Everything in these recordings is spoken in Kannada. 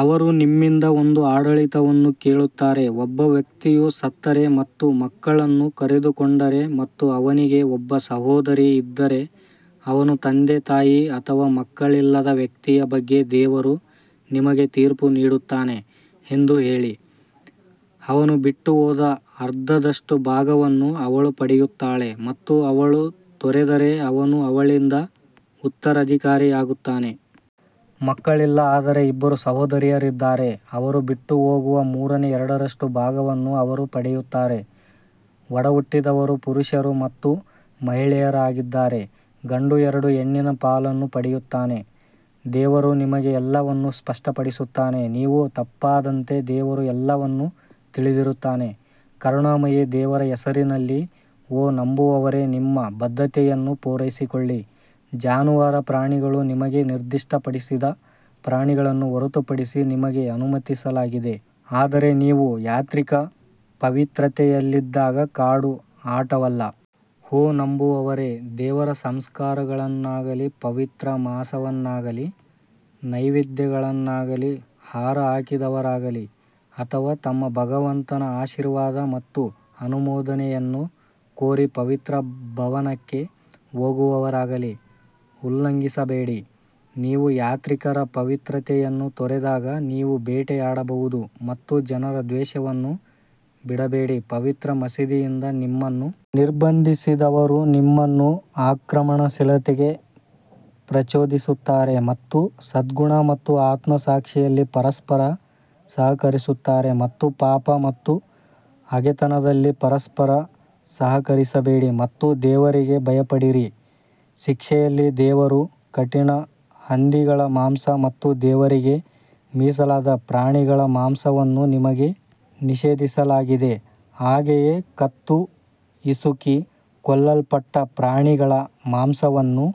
ಅವರು ನಿಮ್ಮಿಂದ ಒಂದು ಆಡಳಿತವನ್ನು ಕೇಳುತ್ತಾರೆ, ಒಬ್ಬ ವ್ಯಕ್ತಿಯು ಸತ್ತರೆ ಮತ್ತು ಮಕ್ಕಳನ್ನು ಕಳೆದುಕೊಂಡರೆ ಮತ್ತು ಅವನಿಗೆ ಒಬ್ಬ ಸಹೋದರಿ ಇದ್ದರೆ ಅವನು ತಂದೆತಾಯಿ ಅಥವಾ ಮಕ್ಕಳಿಲ್ಲದ ವ್ಯಕ್ತಿಯ ಬಗ್ಗೆ ದೇವರು ನಿಮಗೆ ತೀರ್ಪು ನೀಡುತ್ತಾನೆ ಎಂದು ಹೇಳಿ, ಅವನು ಬಿಟ್ಟುಹೋದ ಅರ್ಧದಷ್ಟು ಭಾಗವನ್ನು ಅವಳು ಪಡೆಯುತ್ತಾಳೆ ಮತ್ತು ಅವಳು ತೊರೆದರೆ ಅವನು ಅವಳಿಂದ ಉತ್ತರಾಧಿಕಾರಿಯಾಗುತ್ತಾನೆ. ಮಕ್ಕಳಿಲ್ಲ ಆದರೆ ಇಬ್ಬರು ಸಹೋದರಿಯರಿದ್ದರೆ ಅವರು ಬಿಟ್ಟುಹೋಗುವ ಮೂರನೇ ಎರಡರಷ್ಟು ಭಾಗವನ್ನು ಅವರು ಪಡೆಯುತ್ತಾರೆ, ಒಡಹುಟ್ಟಿದವರು ಪುರುಷರು ಮತ್ತು ಮಹಿಳೆಯರಾಗಿದ್ದರೆ ಗಂಡು ಎರಡು ಹೆಣ್ಣಿನ ಪಾಲನ್ನು ಪಡೆಯುತ್ತಾನೆ ದೇವರು ನಿಮಗೆ ಎಲ್ಲವನ್ನೂ ಸ್ಪಷ್ಟಪಡಿಸುತ್ತಾನೆ ನೀವು ತಪ್ಪಾಗದಂತೆ ದೇವರು ಎಲ್ಲವನ್ನೂ ತಿಳಿದಿರುತ್ತಾನೆ ಕರುಣಾಮಯಿ ದೇವರ ಹೆಸರಿನಲ್ಲಿ ಓ ನಂಬುವವರೇ, ನಿಮ್ಮ ಬದ್ಧತೆಗಳನ್ನು ಪೂರೈಸಿಕೊಳ್ಳಿ ಜಾನುವಾರು ಪ್ರಾಣಿಗಳು ನಿಮಗೆ ನಿರ್ದಿಷ್ಟಪಡಿಸಿದ ಪ್ರಾಣಿಗಳನ್ನು ಹೊರತುಪಡಿಸಿ ನಿಮಗೆ ಅನುಮತಿಸಲಾಗಿದೆ ಆದರೆ ನೀವು ಯಾತ್ರಿಕ ಪವಿತ್ರತೆಯಲ್ಲಿದ್ದಾಗ ಕಾಡು ಆಟವಲ್ಲ. ಓ ನಂಬುವವರೇ, ದೇವರ ಸಂಸ್ಕಾರಗಳನ್ನಾಗಲೀ, ಪವಿತ್ರ ಮಾಸವನ್ನಾಗಲೀ, ನೈವೇದ್ಯಗಳನ್ನಾಗಲೀ, ಹಾರ ಹಾಕಿದವರಾಗಲೀ ಅಥವಾ ತಮ್ಮ ಭಗವಂತನ ಆಶೀರ್ವಾದ ಮತ್ತು ಅನುಮೋದನೆಯನ್ನು ಕೋರಿ ಪವಿತ್ರ ಭವನಕ್ಕೆ ಹೋಗುವವರಾಗಲೀ ಉಲ್ಲಂಘಿಸಬೇಡಿ, ನೀವು ಯಾತ್ರಿಕರ ಪವಿತ್ರತೆಯನ್ನು ತೊರೆದಾಗ ನೀವು ಬೇಟೆಯಾಡಬಹುದು ಮತ್ತು ಜನರ ದ್ವೇಷವನ್ನು ಬಿಡಬೇಡಿ. ಪವಿತ್ರ ಮಸೀದಿಯಿಂದ ನಿಮ್ಮನ್ನು ನಿರ್ಬಂಧಿಸಿದವರು ನಿಮ್ಮನ್ನು ಆಕ್ರಮಣಶೀಲತೆಗೆ ಪ್ರಚೋದಿಸುತ್ತಾರೆ ಮತ್ತು ಸದ್ಗುಣ ಮತ್ತು ಆತ್ಮಸಾಕ್ಷಿಯಲ್ಲಿ ಪರಸ್ಪರ ಸಹಕರಿಸುತ್ತಾರೆ ಮತ್ತು ಪಾಪ ಮತ್ತು ಹಗೆತನದಲ್ಲಿ ಪರಸ್ಪರ ಸಹಕರಿಸಬೇಡಿ ಮತ್ತು ದೇವರಿಗೆ ಭಯಪಡಿರಿ ಶಿಕ್ಷೆಯಲ್ಲಿ ದೇವರು ಕಠಿಣ ಹಂದಿಗಳ ಮಾಂಸ ಮತ್ತು ದೇವರಿಗೆ ಮೀಸಲಾದ ಪ್ರಾಣಿಗಳ ಮಾಂಸವನ್ನು ನಿಮಗೆ ನಿಷೇಧಿಸಲಾಗಿದೆ, ಹಾಗೆಯೇ ಕತ್ತು ಹಿಸುಕಿ ಕೊಲ್ಲಲ್ಪಟ್ಟ ಪ್ರಾಣಿಗಳ ಮಾಂಸವನ್ನು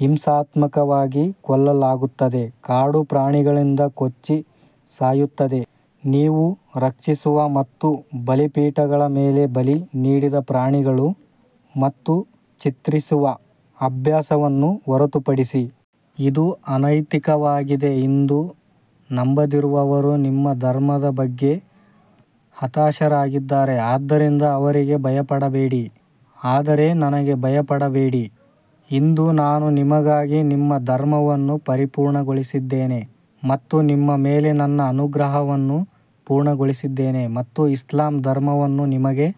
ಹಿಂಸಾತ್ಮಕವಾಗಿ ಕೊಲ್ಲಲಾಗುತ್ತದೆ, ಕಾಡು ಪ್ರಾಣಿಗಳಿಂದ ಕೊಚ್ಚಿ ಸಾಯುತ್ತದೆ, ನೀವು ರಕ್ಷಿಸುವ ಮತ್ತು ಬಲಿಪೀಠಗಳ ಮೇಲೆ ಬಲಿ ನೀಡಿದ ಪ್ರಾಣಿಗಳು ಮತ್ತು ಚಿತ್ರಿಸುವ ಅಭ್ಯಾಸವನ್ನು ಹೊರತುಪಡಿಸಿ. ಇದು ಅನೈತಿಕವಾಗಿದೆ ಇಂದು ನಂಬದಿರುವವರು ನಿಮ್ಮ ಧರ್ಮದ ಬಗ್ಗೆ ಹತಾಶರಾಗಿದ್ದಾರೆ ಆದ್ದರಿಂದ ಅವರಿಗೆ ಭಯಪಡಬೇಡಿ ಆದರೆ ನನಗೆ ಭಯಪಡಬೇಡಿ ಇಂದು ನಾನು ನಿಮಗಾಗಿ ನಿಮ್ಮ ಧರ್ಮವನ್ನು ಪರಿಪೂರ್ಣಗೊಳಿಸಿದ್ದೇನೆ ಮತ್ತು ನಿಮ್ಮ ಮೇಲೆ ನನ್ನ ಅನುಗ್ರಹವನ್ನು ಪೂರ್ಣಗೊಳಿಸಿದ್ದೇನೆ ಮತ್ತು ಇಸ್ಲಾಂ ಧರ್ಮವನ್ನು ನಿಮಗೆ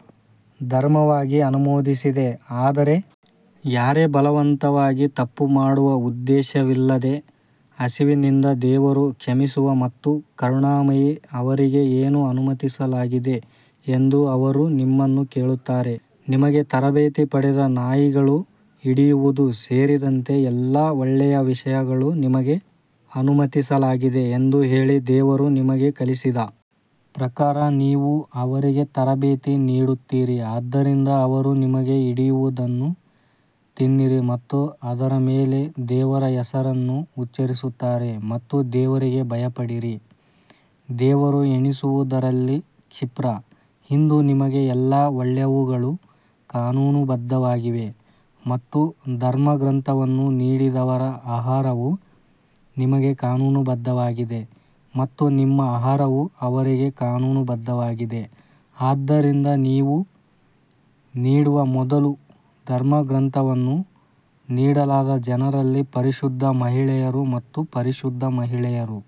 ಧರ್ಮವಾಗಿ ಅನುಮೋದಿಸಿದೆ ಆದರೆ ಯಾರೇ ಬಲವಂತವಾಗಿ ತಪ್ಪು ಮಾಡುವ ಉದ್ದೇಶವಿಲ್ಲದೆ ಹಸಿವಿನಿಂದ ದೇವರು ಕ್ಷಮಿಸುವ ಮತ್ತು ಕರುಣಾಮಯಿ ಅವರಿಗೆ ಏನು ಅನುಮತಿಸಲಾಗಿದೆ ಎಂದು ಅವರು ನಿಮ್ಮನ್ನು ಕೇಳುತ್ತಾರೆ, ನಿಮಗೆ ತರಬೇತಿ ಪಡೆದ ನಾಯಿಗಳು ಹಿಡಿಯುವುದು ಸೇರಿದಂತೆ ಎಲ್ಲಾ ಒಳ್ಳೆಯ ವಿಷಯಗಳು ನಿಮಗೆ ಅನುಮತಿಸಲಾಗಿದೆ ಎಂದು ಹೇಳಿ, ದೇವರು ನಿಮಗೆ ಕಲಿಸಿದ ಪ್ರಕಾರ ನೀವು ಅವರಿಗೆ ತರಬೇತಿ ನೀಡುತ್ತೀರಿ ಆದ್ದರಿಂದ ಅವರು ನಿಮಗೆ ಹಿಡಿಯುವದನ್ನು ತಿನ್ನಿರಿ ಮತ್ತು ಅದರ ಮೇಲೆ ದೇವರ ಹೆಸರನ್ನು ಉಚ್ಚರಿಸುತ್ತಾರೆ ಮತ್ತು ದೇವರಿಗೆ ಭಯಪಡಿರಿ ದೇವರು ಎಣಿಸುವುದರಲ್ಲಿ ಕ್ಷಿಪ್ರ ಇಂದು ನಿಮಗೆ ಎಲ್ಲಾ ಒಳ್ಳೆಯವುಗಳು ಕಾನೂನುಬದ್ಧವಾಗಿವೆ ಮತ್ತು ಧರ್ಮಗ್ರಂಥವನ್ನು ನೀಡಿದವರ ಆಹಾರವು ನಿಮಗೆ ಕಾನೂನುಬದ್ಧವಾಗಿದೆ ಮತ್ತು ನಿಮ್ಮ ಆಹಾರವು ಅವರಿಗೆ ಕಾನೂನುಬದ್ಧವಾಗಿದೆ ಆದ್ದರಿಂದ ನೀವು ನೀಡುವ ಮೊದಲು ಧರ್ಮಗ್ರಂಥವನ್ನು ನೀಡಲಾದ ಜನರಲ್ಲಿ ಪರಿಶುದ್ಧ ಮಹಿಳೆಯರು ಮತ್ತು ಪರಿಶುದ್ಧ ಮಹಿಳೆಯರು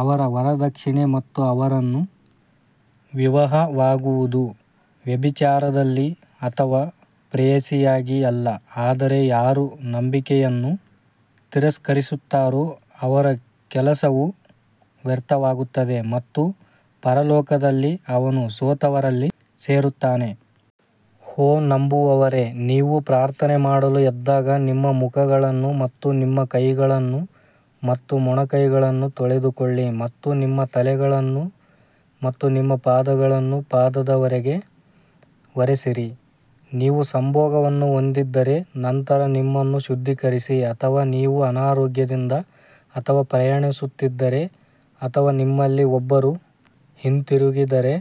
ಅವರ ವರದಕ್ಷಿಣೆ ಮತ್ತು ಅವರನ್ನು ವಿವಾಹವಾಗುವುದು ವ್ಯಭಿಚಾರದಲ್ಲಿ ಅಥವಾ ಪ್ರೇಯಸಿಯಾಗಿ ಅಲ್ಲ ಆದರೆ ಯಾರು ನಂಬಿಕೆಯನ್ನು ತಿರಸ್ಕರಿಸುತ್ತಾರೋ ಅವರ ಕೆಲಸವು ವ್ಯರ್ಥವಾಗುತ್ತದೆ ಮತ್ತು ಪರಲೋಕದಲ್ಲಿ ಅವನು ಸೋತವರಲ್ಲಿ ಸೇರುತ್ತಾನೆ. ಓ ನಂಬುವವರೇ, ನೀವು ಪ್ರಾರ್ಥನೆ ಮಾಡಲು ಎದ್ದಾಗ ನಿಮ್ಮ ಮುಖಗಳನ್ನು ಮತ್ತು ನಿಮ್ಮ ಕೈಗಳನ್ನು ಮತ್ತು ಮೊಣಕೈಗಳನ್ನು ತೊಳೆದುಕೊಳ್ಳಿ ಮತ್ತು ನಿಮ್ಮ ತಲೆಗಳನ್ನು ಮತ್ತು ನಿಮ್ಮ ಪಾದಗಳನ್ನು ಪಾದದವರೆಗೆ ಒರೆಸಿರಿ, ನೀವು ಸಂಭೋಗವನ್ನು ಹೊಂದಿದ್ದರೆ ನಂತರ ನಿಮ್ಮನ್ನು ಶುದ್ಧೀಕರಿಸಿ ಅಥವಾ ನೀವು ಅನಾರೋಗ್ಯದಿಂದ ಅಥವಾ ಪ್ರಯಾಣಿಸುತ್ತಿದ್ದರೆ ಅಥವಾ ನಿಮ್ಮಲ್ಲಿ ಒಬ್ಬರು ಹಿಂತಿರುಗಿದರೆ.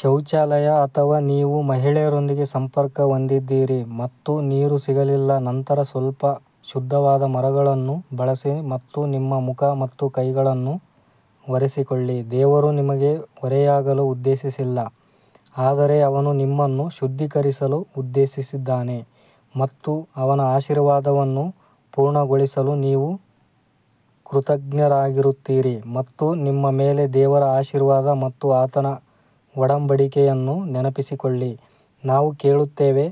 ಶೌಚಾಲಯ ಅಥವಾ ನೀವು ಮಹಿಳೆಯರೊಂದಿಗೆ ಸಂಪರ್ಕ ಹೊಂದಿದ್ದೀರಿ ಮತ್ತು ನೀರು ಸಿಗಲಿಲ್ಲ ನಂತರ ಸ್ವಲ್ಪ ಶುದ್ಧವಾದ ಮರಳನ್ನು ಬಳಸಿ ಮತ್ತು ನಿಮ್ಮ ಮುಖ ಮತ್ತು ಕೈಗಳನ್ನು ಒರೆಸಿಕೊಳ್ಳಿ ದೇವರು ನಿಮಗೆ ಹೊರೆಯಾಗಲು ಉದ್ದೇಶಿಸಿಲ್ಲ ಆದರೆ ಅವನು ನಿಮ್ಮನ್ನು ಶುದ್ಧೀಕರಿಸಲು ಉದ್ದೇಶಿಸಿದ್ದಾನೆ ಮತ್ತು ಅವನ ಆಶೀರ್ವಾದವನ್ನು ಪೂರ್ಣಗೊಳಿಸಲು ನೀವು ಕೃತಜ್ಞರಾಗಿರುತ್ತೀರಿ ಮತ್ತು ನಿಮ್ಮ ಮೇಲೆ ದೇವರ ಆಶೀರ್ವಾದ ಮತ್ತು ಆತನ ಒಡಂಬಡಿಕೆಯನ್ನು ನೆನಪಿಸಿಕೊಳ್ಳಿ, ನಾವು ಕೇಳುತ್ತೇವೆ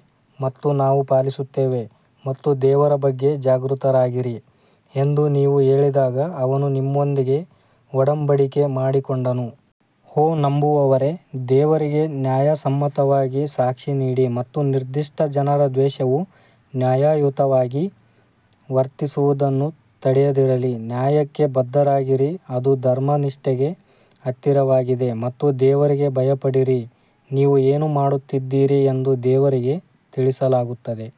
ಮತ್ತು ನಾವು ಪಾಲಿಸುತ್ತೇವೆ ಮತ್ತು ದೇವರ ಬಗ್ಗೆ ಜಾಗೃತರಾಗಿರಿ ಎಂದು ನೀವು ಹೇಳಿದಾಗ ಅವನು ನಿಮ್ಮೊಂದಿಗೆ ಒಡಂಬಡಿಕೆ ಮಾಡಿಕೊಂಡನು. ಓ ನಂಬುವವರೇ, ದೇವರಿಗೆ ನ್ಯಾಯಸಮ್ಮತವಾಗಿ ಸಾಕ್ಷಿನೀಡಿ ಮತ್ತು ನಿರ್ದಿಷ್ಟ ಜನರ ದ್ವೇಷವು ನ್ಯಾಯಯುತವಾಗಿ ವರ್ತಿಸುವುದನ್ನು ತಡೆಯದಿರಲಿ, ನ್ಯಾಯಕ್ಕೆ ಬದ್ಧರಾಗಿರಿ ಅದು ಧರ್ಮನಿಷ್ಠೆಗೆ ಹತ್ತಿರವಾಗಿದೆ ಮತ್ತು ದೇವರಿಗೆ ಭಯಪಡಿರಿ ನೀವು ಏನು ಮಾಡುತ್ತಿದ್ದೀರಿ ಎಂದು ದೇವರಿಗೆ ತಿಳಿಸಲಾಗುತ್ತದೆ.